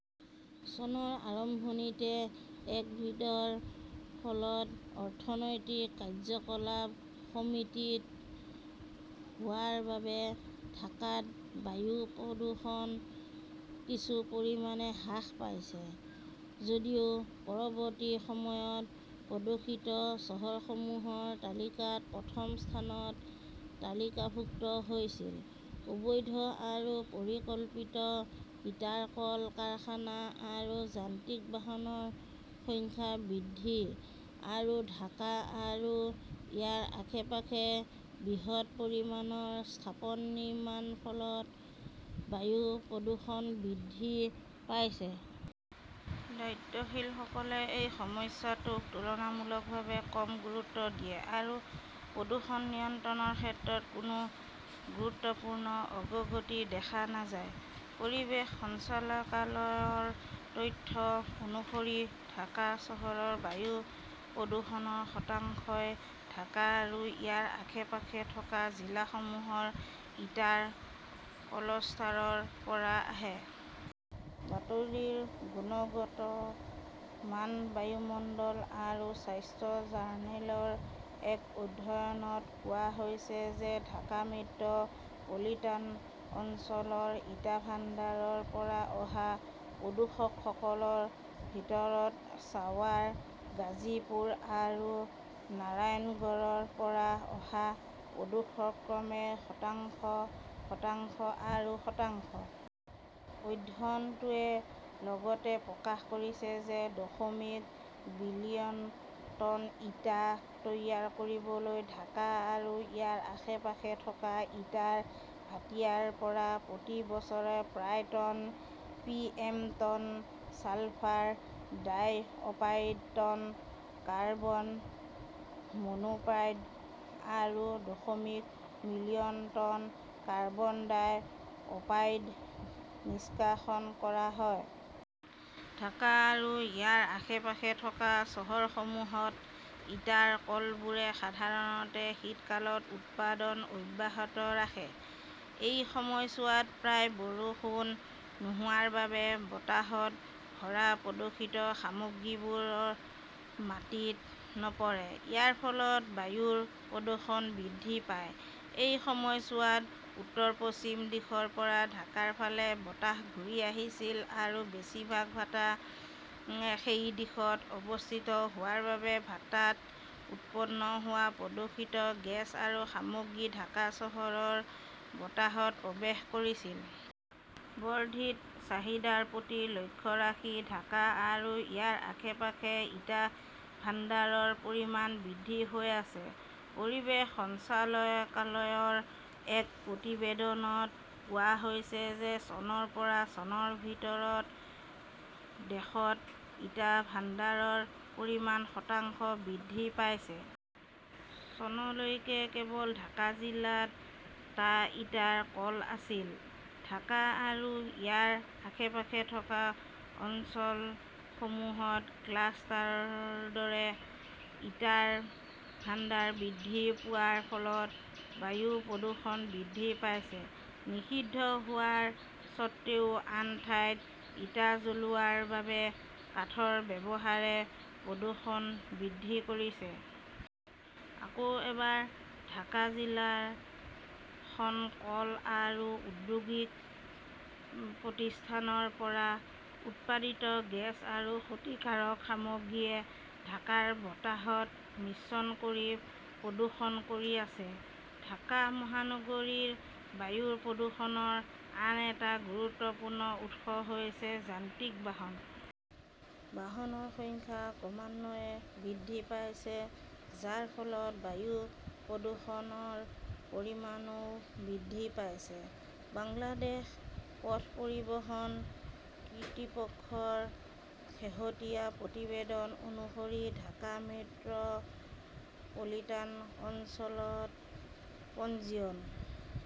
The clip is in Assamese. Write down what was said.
চনৰ আৰম্ভণিতে ক "ভিড- ৰ ফলত অৰ্থনৈতিক কাৰ্যকলাপ সীমিত হোৱাৰ বাবে ঢাকাত বায়ু প্ৰদূষণ কিছু পৰিমাণে হ্ৰাস পাইছিল, যদিও পৰৱৰ্তী সময়ত প্ৰদূষিত চহৰসমূহৰ তালিকাত প্ৰথম স্থানত তালিকাভুক্ত হৈছিল। অবৈধ আৰু পৰিকল্পিত ইটাৰ কল, কাৰখানা আৰু যান্ত্ৰিক বাহনৰ সংখ্যা বৃদ্ধি আৰু ঢাকা আৰু ইয়াৰ আশে-পাশে বৃহৎ পৰিমাণৰ স্থাপন নিৰ্মাণৰ ফলত বায়ু প্ৰদূষণ বৃদ্ধি পাইছে। দায়িত্বশীলসকলে এই সমস্যাটোক তুলনামূলকভাৱে কম গুৰুত্ব দিয়ে আৰু প্ৰদূষণ নিয়ন্ত্ৰণৰ ক্ষেত্ৰত কোনো গুৰুত্বপূৰ্ণ অগ্ৰগতি দেখা নাযায়। পৰিৱেশ সঞ্চালকালয়ৰ তথ্য অনুসৰি, ঢাকা চহৰৰ বায়ু প্ৰদূষণৰ শতাংশই ঢাকা আৰু ইয়াৰ আশে-পাশে থকা জিলাসমূহৰ ইটাৰ কলষ্টাৰৰ পৰা আহে। বাতৰিৰ গুণগত মান, বায়ুমণ্ডল আৰু স্বাস্থ্য জাৰ্নেলৰ এক অধ্যয়নত কোৱা হৈছে যে ঢাকা মেট্ৰ 'পলিটান অঞ্চলৰ ইটা ভাণ্ডাৰৰ পৰা অহা প্ৰদূষকসকলৰ ভিতৰত ছাৱাৰ, গাজীপুৰ আৰু নাৰায়ণগড়ৰ পৰা অহা প্ৰদূষক ক্ৰমে শতাংশ, শতাংশ আৰু শতাংশ। অধ্যয়নটোৱে লগতে প্ৰকাশ কৰিছে যে দশমিক বিলিয়ন টন ইটা তৈয়াৰ কৰিবলৈ ঢাকা আৰু ইয়াৰ আশে-পাশে থকা ইটাৰ ভাটিয়াৰ পৰা প্ৰতি বছৰে প্ৰায় ton PM. Ton sulphur dioxide, ton carbon monoxide আৰু দশমিক মিলিয়ন টন কাৰ্বন ডাই-অপাইড নিষ্কাশন কৰা হয়। ঢাকা আৰু ইয়াৰ আশে-পাশে থকা চহৰসমূহত ইটাৰ কলবোৰে সাধাৰণতে শীতকালত উৎপাদন অব্যাহত ৰাখে। এই সময়ছোৱাত প্ৰায় বৰষুণ নোহোৱাৰ বাবে বতাহত ভৰা প্ৰদূষিত সামগ্ৰীবোৰ মাটিত নপৰে। ইয়াৰ ফলত বায়ুৰ প্ৰদূষণ বৃদ্ধি পায়। এই সময়ছোৱাত উত্তৰ-পশ্চিম দিশৰ পৰা ঢাকাৰ ফালে বতাহ ঘূৰি আহিছিল আৰু বেছিভাগ ভাটা সেই দিশত অৱস্থিত হোৱাৰ বাবে ভাট্টাত উৎপন্ন হোৱা প্ৰদূষিত গেছ আৰু সামগ্ৰী ঢাকা চহৰৰ বতাহত প্ৰৱেশ কৰিছিল। বৰ্ধিত চাহিদাৰ প্ৰতি লক্ষ্য ৰাখি ঢাকা আৰু ইয়াৰ আশে-পাশে ইটা ভাণ্ডাৰৰ পৰিমাণ বৃদ্ধি হৈ আছে। পৰিৱেশ সঞ্চালকালয়ৰ এক প্ৰতিবেদনত কোৱা হৈছে যে চনৰ পৰা চনৰ ভিতৰত দেশত ইটা ভাণ্ডাৰৰ পৰিমাণ শতাংশ বৃদ্ধি পাইছে। চনলৈকে কেৱল ঢাকা জিলাত টা ইটাৰ কল আছিল। ঢাকা আৰু ইয়াৰ আশে-পাশে থকা অঞ্চলসমূহত ক্লাষ্টাৰৰ দৰে ইটাৰ ভাণ্ডাৰ বৃদ্ধি পোৱাৰ ফলত বায়ু প্ৰদূষণ বৃদ্ধি পাইছে। নিষিদ্ধ হোৱাৰ স্বত্ত্বেও আন ঠাইত ইটা জ্বলোৱাৰ বাবে কাঠৰ ব্যৱহাৰে প্ৰদূষণ বৃদ্ধি কৰিছে। আকৌ এবাৰ, ঢাকা জিলাৰ খন কল আৰু ঔদ্যোগিক প্ৰতিষ্ঠানৰ পৰা উৎপাদিত গেছ আৰু ক্ষতিকাৰক সামগ্ৰীয়ে ঢাকাৰ বতাহত মিশ্ৰণ কৰি প্ৰদূষণ কৰি আছে। ঢাকা মহানগৰীৰ বায়ু প্ৰদূষণৰ আন এটা গুৰুত্বপূৰ্ণ উৎস হৈছে যান্ত্ৰিক বাহন। বাহনৰ সংখ্যা ক্ৰমান্বয়ে বৃদ্ধি পাইছে, যাৰ ফলত বায়ু প্ৰদূষণৰ পৰিমাণও বৃদ্ধি পাইছে। বাংলাদেশ পথ পৰিবহণ কৰ্তৃপক্ষৰ শেহতীয়া প্ৰতিবেদন অনুসৰি ঢাকা মেট্ৰ 'পলিটান অঞ্চলত পঞ্জীয়ন